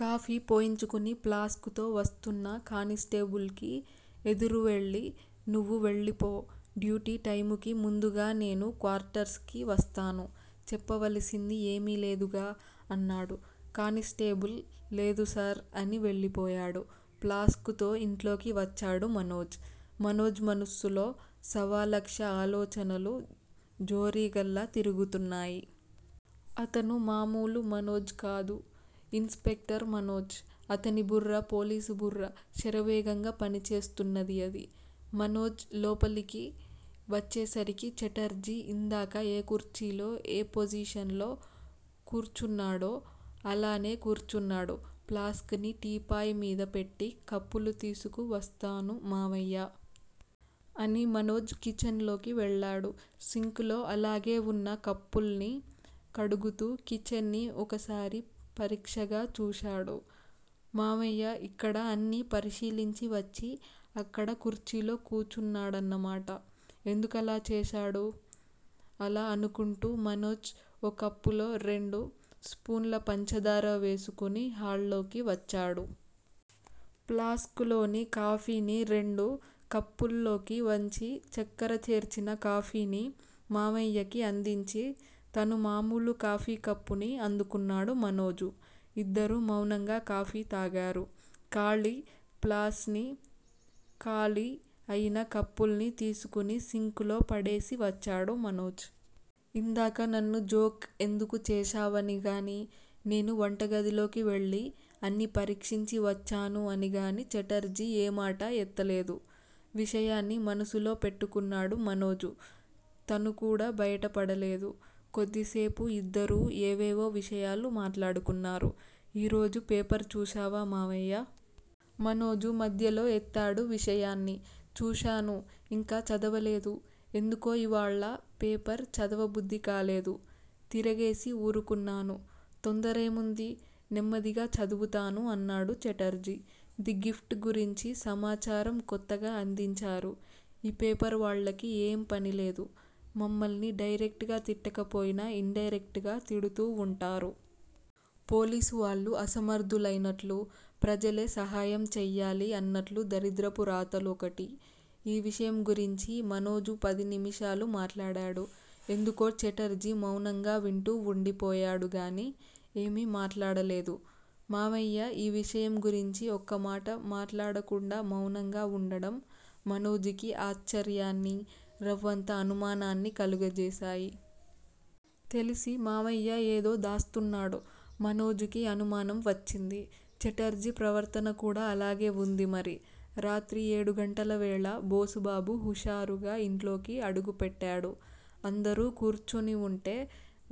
Coffee పోయించుకుని flask తో వస్తున్న కానిస్టేబుల్ కి ఎదురు వెళ్ళి నువ్వు వెళ్ళిపో! డ్యూటీ టైముకి ముందుగా నేను క్వార్టర్స్ కి వస్తాను చెప్పవలసింది ఏమీ లేదుగా అన్నాడు. కానిస్టేబుల్ లేదు సార్! అని వెళ్ళిపోయాడు. ప్లాస్క్ తో ఇంట్లోకి వచ్చాడు మనోజ్. మనోజ్ మనస్సులో సవాలక్ష ఆలోచనలు జోరీగల్లా తిరుగుతున్నాయి. అతను మామూలు మనోజ్ కాదు. Inspector Manoj. అతని బుర్ర పోలీసుబుర్ర. శరవేగంగా పనిచేస్తున్నది అది. మనోజ్ లోపలికి వచ్చేసరికి, ఛటర్జీ ఇందాక ఏ కుర్చీలో, ఏ పొజిషన్ లో కూర్చున్నాడో అలానే కూర్చున్నాడు. ప్లాస్క్ ని టీపాయ్ మీద పెట్టి కప్పులు తీసుకు వస్తాను మావయ్యా! అని మనోజ్ కిచెన్ లోకి వెళ్ళాడు. సింక్ లో అలాగే వున్న కప్పుల్ని కడుగుతూ కిచెన్ ని ఒకసారి పరీక్షగా చూశాడు. మావయ్య ఇక్కడ అన్నీ పరిశీలించి వచ్చి అక్కడ కుర్చీలో కూచున్నాడన్నమాట. ఎందుకలా చేశాడు? అలా అనుకుంటూ మనోజ్ ఓ కప్పులో రెండు స్పూన్ల పంచదార వేసుకుని హాల్లోకి వచ్చాడు. ప్లాస్క్ లోని కాఫీని రెండు కప్పుల్లోకి వంచి చక్కర చేర్చిన కాఫీని మావయ్యకి అందించి, తను మామూలు కాఫీ కప్పుని అందుకున్నాడు మనోజు. ఇద్దరూ మౌనంగా కాఫీ తాగారు. ఖాళీ ప్లాస్ ని, ఖాళీ అయిన కప్పుల్ని తీసుకుని సింక్ లో పడేసి వచ్చాడు మనోజ్. ఇందాక నన్ను జోక్ ఎందుకు చేశావని గాని, నేను వంటగదిలోకి వెళ్ళి అన్ని పరీక్షించి వచ్చాను అని గాని ఛటర్జీ ఏమాటా ఎత్తలేదు. విషయాన్ని మనసులో పెట్టుకున్న మనోజు తను కూడా బయటపడలేదు. కొద్దిసేపు ఇద్దరూ ఏవేవో విషయాలు మాట్లాడుకున్నారు. ఈ రోజు పేపర్ చూశావా మావయ్యా! మనోజు మధ్యలో ఎత్తాడు విషయాన్ని. చూశాను ఇంకా చదవలేదు. ఎందుకో ఇవ్వాళ్ళ పేపర్ చదవబుద్ధికాలేదు. తిరగేసి ఊరుకున్నాను తొందరేముంది? నెమ్మదిగా చదువుతాను అన్నాడు ఛటర్జీ. ది గిఫ్ట్ గురించి సమాచారం కొత్తగా అందించారు. ఈ పేపర్ వాళ్ళకి ఏం పనిలేదు. మమ్మల్ని డైరెక్ట్ గా తిట్టకపోయినా, ఇండైరెక్ట్ గా తిడుతూ వుంటారు. పోలీసు వాళ్లు అసమర్దులైనట్లూ. ప్రజలే సహాయం చెయ్యాలి అన్నట్లు దరిద్రపు రాతలు ఒకటి ఈ విషయం గురించీ మనోజు పది నిముషాలు మాట్లాడాడు. ఎందుకో ఛటర్జీ మౌనంగా వింటూ వుండిపోయాడు గానీ, ఏమీ మాట్లాడలేదు. మావయ్య ఈ విషయం గురించి ఒక్కమాటా మాట్లాడకుండా మౌనంగా వుండడం మనోజుకి ఆశ్చర్యాన్ని రవ్వంత అనుమానాన్ని కలుగజేసాయి. తెలిసీ మావయ్య ఏదో దాస్తున్నాడు. మనోజుకి అనుమానం వచ్చింది. ఛటర్జీ ప్రవర్తన కూడా అలాగే వుంది మరి. రాత్రి ఏడుగంటల వేళ. బోసుబాబు హుషారుగా ఇంట్లోకి అడుగుపెట్టాడు. అందరూ కూర్చునివుంటే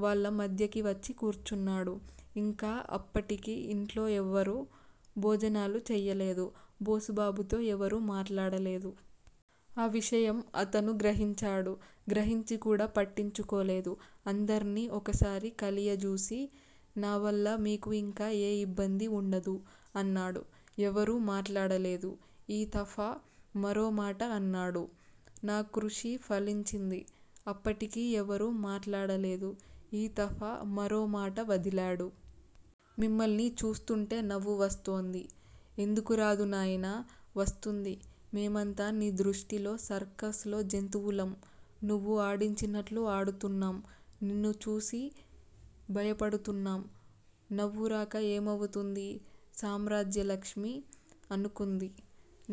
వాళ్ళ మధ్యకి వచ్చి కూర్చున్నాడు. ఇంకా అప్పటికి ఇంట్లో ఎవరూ భోజనాలు చెయ్యలేదు. బోసుబాబుతో ఎవరూ మాట్లాడలేదు. ఆ విషయం అతను గ్రహించాడు. గ్రహించి కూడా పట్టించుకోలేదు. అందర్నీ ఒకసారి కలయజూసి నా వల్ల మీకు ఇంకా ఏ ఇబ్బంది ఉండదు! అన్నాడు. ఎవరూ మాట్లాడలేదు. ఈ తఫా మరో మాట అన్నాడు. నా కృషి ఫలించింది! అప్పటికీ ఎవరూ మాట్లాడలేదు. ఈ తఫా మరో మాట వదిలాడు. మిమ్మల్ని చూస్తూంటే నవ్వు వస్తోంది. ఎందుకు రాదు నాయనా! వస్తుంది. మేమంతా నీ దృష్టిలో సర్కస్ లో జంతువులం, నువ్వు ఆడించినట్లు ఆడుతున్నాం. నిన్ను చూసి భయపడుతున్నాం. నవ్వు రాక ఏమవుతుంది సామ్రాజ్యలక్ష్మి అనుకుంది.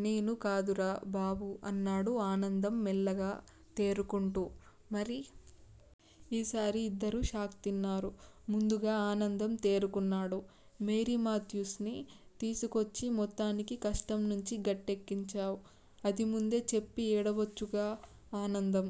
నేను కాదురా బాబూ అన్నాడు ఆనందం మెల్లగా తేరుకుంటూ. మరి?! ఈసారి ఇద్దరూ షాక్ తిన్నారు. ముందుగా ఆనందం తేరుకున్నాడు. మేరీమాథ్యూస్ ని తీసుకొచ్చి మొత్తానికి కష్టం నుంచి గట్టెక్కించావ్. అది ముందే చెప్పి ఏడవొచ్చుగా? ఆనందం